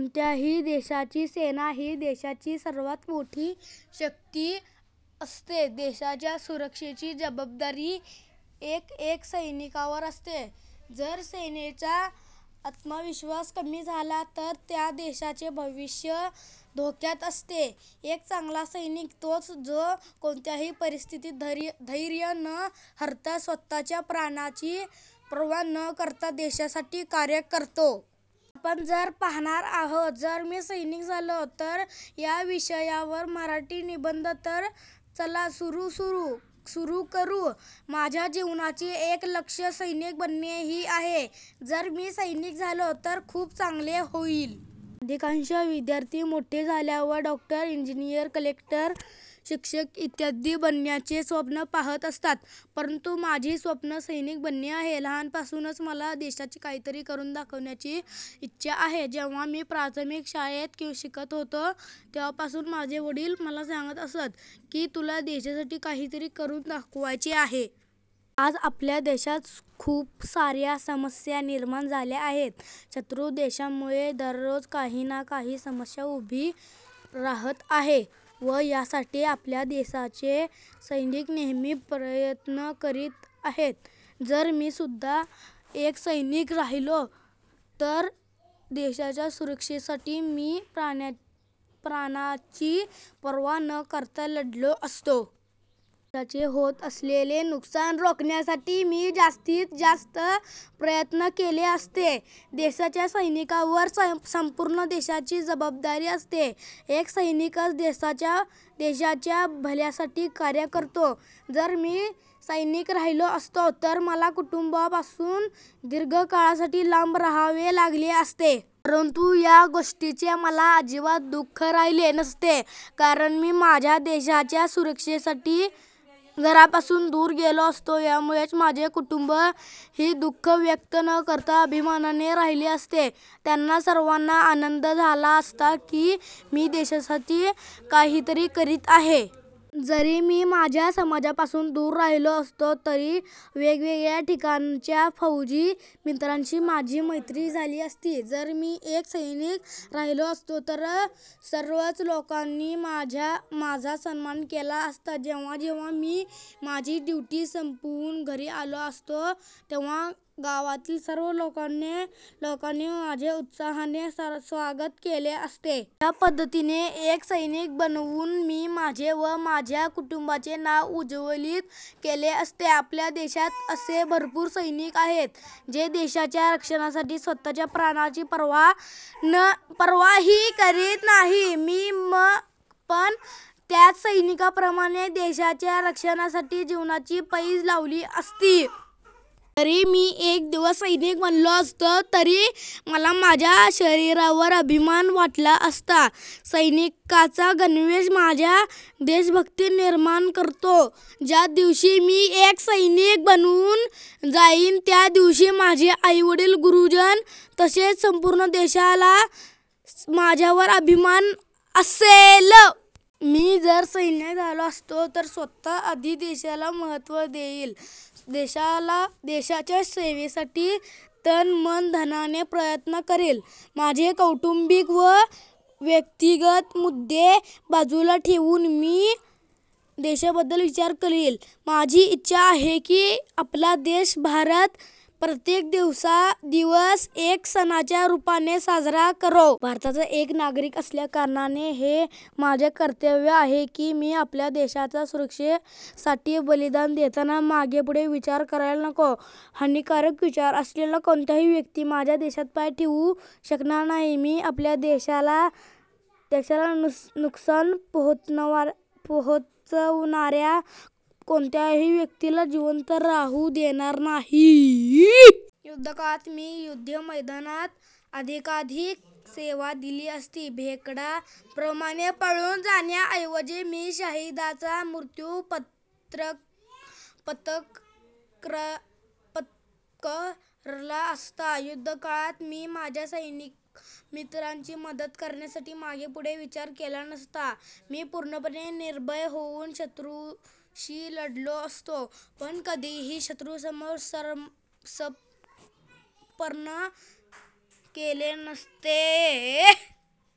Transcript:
कोणत्याही देशाची सेना ही देशाची सर्वात मोठी शक्ति असते. देशाच्या सुरक्षेची जवाबदारी एक एक सैनिकावर असते. जर सेनेचा आत्मविश्वास कमी झाला तर त्या देशाचे भविष्य धोक्यात असते. एक चांगला सैनिक तोच असतो जो कोणत्याही परिस्थितीत धैर्य न हरता, स्वताच्या प्राणांची पर्वा न करता देशासाठी कार्य करतो. आज आपण पाहणार आहोत जर मी सैनिक झालो तर या विषयावर मराठीतून निबंध. तर चला सुरू करू... माझ्या जीवनाचे एक लक्ष्य सैनिक बनणे ही आहे. जर मी सैनिक झालो तर खूप चांगले होईल. अधिकांश विद्यार्थी मोठे झाल्यावर डॉक्टर, इंजिनीअर, कलेक्टर, शिक्षक इत्यादी बनण्याचे स्वप्न पाहत असतात. परंतु माझी स्वप्न सैनिक बनणे आहे. लहानपणापासूनच मला देशासाठी काहीतरी करून दाखवण्याची इच्छा आहे. जेव्हा मी प्राथमिक शाळेत शिकत होतो, तेव्हापासूनच माझे वडील मला सांगत असत की तुला देशासाठी काहीतरी करून दाखवायचे आहे. आज आपल्या देशात खूप सार्या समस्या निर्माण झाल्या आहेत. शत्रु देशांमुळे दररोज काही ना काही समस्या उभी राहत आहे व यासाठी आपल्या देशाचे सैनिक नेहमी प्रयत्न करीत असतात. जर मी सुद्धा एक सैनिक राहिलो असतो तर देशाच्या सुरक्षेसाठी मी प्राणांची पर्वा न करता लढलो असतो. देशाचे होत असलेले नुकसान रोखण्यासाठी मी जास्तीत जास्त प्रयत्न केले असते. देशाच्या सैनिकावर संपूर्ण देशाची जबाबदारी असते. एक सैनिकच देशाच्या भल्यासाठी कार्य करतो. जर मी सैनिक राहिलो असतो तर मला कुटुंबापासून दीर्घकाळासाठी लांब राहावे लागले असते. परंतु या गोष्टीचे मला अजिबात दुःख राहिले नसते. कारण मी माझ्या देशाच्या सुरक्षेसाठी घरापासून दूर गेलो असतो यामुळेच माझे कुटुंब ही दुःख व्यक्त न करता अभिमानाने राहिले असते. त्यांना सर्वांना आनंद झाला असता कि मी देशासाठी काहीतरी करीत आहे. जरी मी माझ्या समाजापासून दूर राहिलो असतो तरी वेगवेगळ्या ठिकाणच्या फौजी मित्रांशी माझी मैत्री झाली असती. जर मी एक सैनिक राहिलो असतो तर सर्वच लोकांनी माझा सन्मान केला असता. जेव्हा जेव्हा मी माझी ड्युटी संपवून घरी आलो असतो तेव्हा गावातील सर्व लोकांनी माझे उत्साहाने स्वागत केले असते. अशा पद्धतीने एक सैनिक बनवून मी माझे व माझ्या कुटुंबाचे नाव उज्वलीत केले असते. आपल्या देशात असे भरपूर सैनिक आहेत जे देशाच्या रक्षणासाठी स्वतःच्या प्राणांची पर्वाही करीत नाही. मी पण त्याच सैनिकांप्रमाणे देशाच्या रक्षणासाठी जीवनाची पैज लावली असती. जरी मी एक दिवस सैनिक बनलो असतो तरी मला माझ्या शरीरावर अभिमान वाटला असता. सैनिकाचा गणवेश माझ्यामध्ये देशभक्ती निर्माण करतो. ज्या दिवशी मी एक सैनिक बनून जाईल त्या दिवशी माझे आई -वडील, गुरुजन तसेच संपूर्ण देशाला माझ्यावर अभिमान असेल. मी जर सैनिक झालो तर स्वतः आधी देशाला महत्त्व देईल. देशाच्या सेवेसाठी तन-मन-धनाने प्रयत्न करील. माझे कौटुंबिक व व्यक्तिगत मुद्दे बाजूला ठेवून मी देशाबद्दल विचार करील. माझी इच्छा आहे की आपला देश भारत प्रत्येक दिवस एका सणाच्या रूपाने साजरा करो. भारताचा एक नागरिक असल्याकारणाने हे माझे कर्तव्य आहे कि मी आपल्या देशाच्या सुरक्षेसाठी बलिदान देताना मागे पुढे विचार करायला नको. हानीकारक विचार असलेला कोणताही व्यक्ती माझ्या देशात पाय ठेवू शकणार नाही. मी आपल्या देशाला नुकसान पोहोचवणाऱ्या कोणत्याही व्यक्तीला जिवंत राहू देणार नाही. युद्धकाळात मी युद्ध मैदानात अधिकाधिक सेवा दिली असती. भेकडा प्रमाणे पळून जाण्याऐवजी मी शहिदाचा मृत्यू पत्करला असता. युद्धकाळात मी माझ्या सैनिक मित्रांची मदत करण्यासाठी मागेपुढे विचार केला नसता. मी पूर्णपणे निर्भय होऊन शत्रूशी लढलो असतो. मी कधीही शत्रूसमोर समर्पण केले नसते.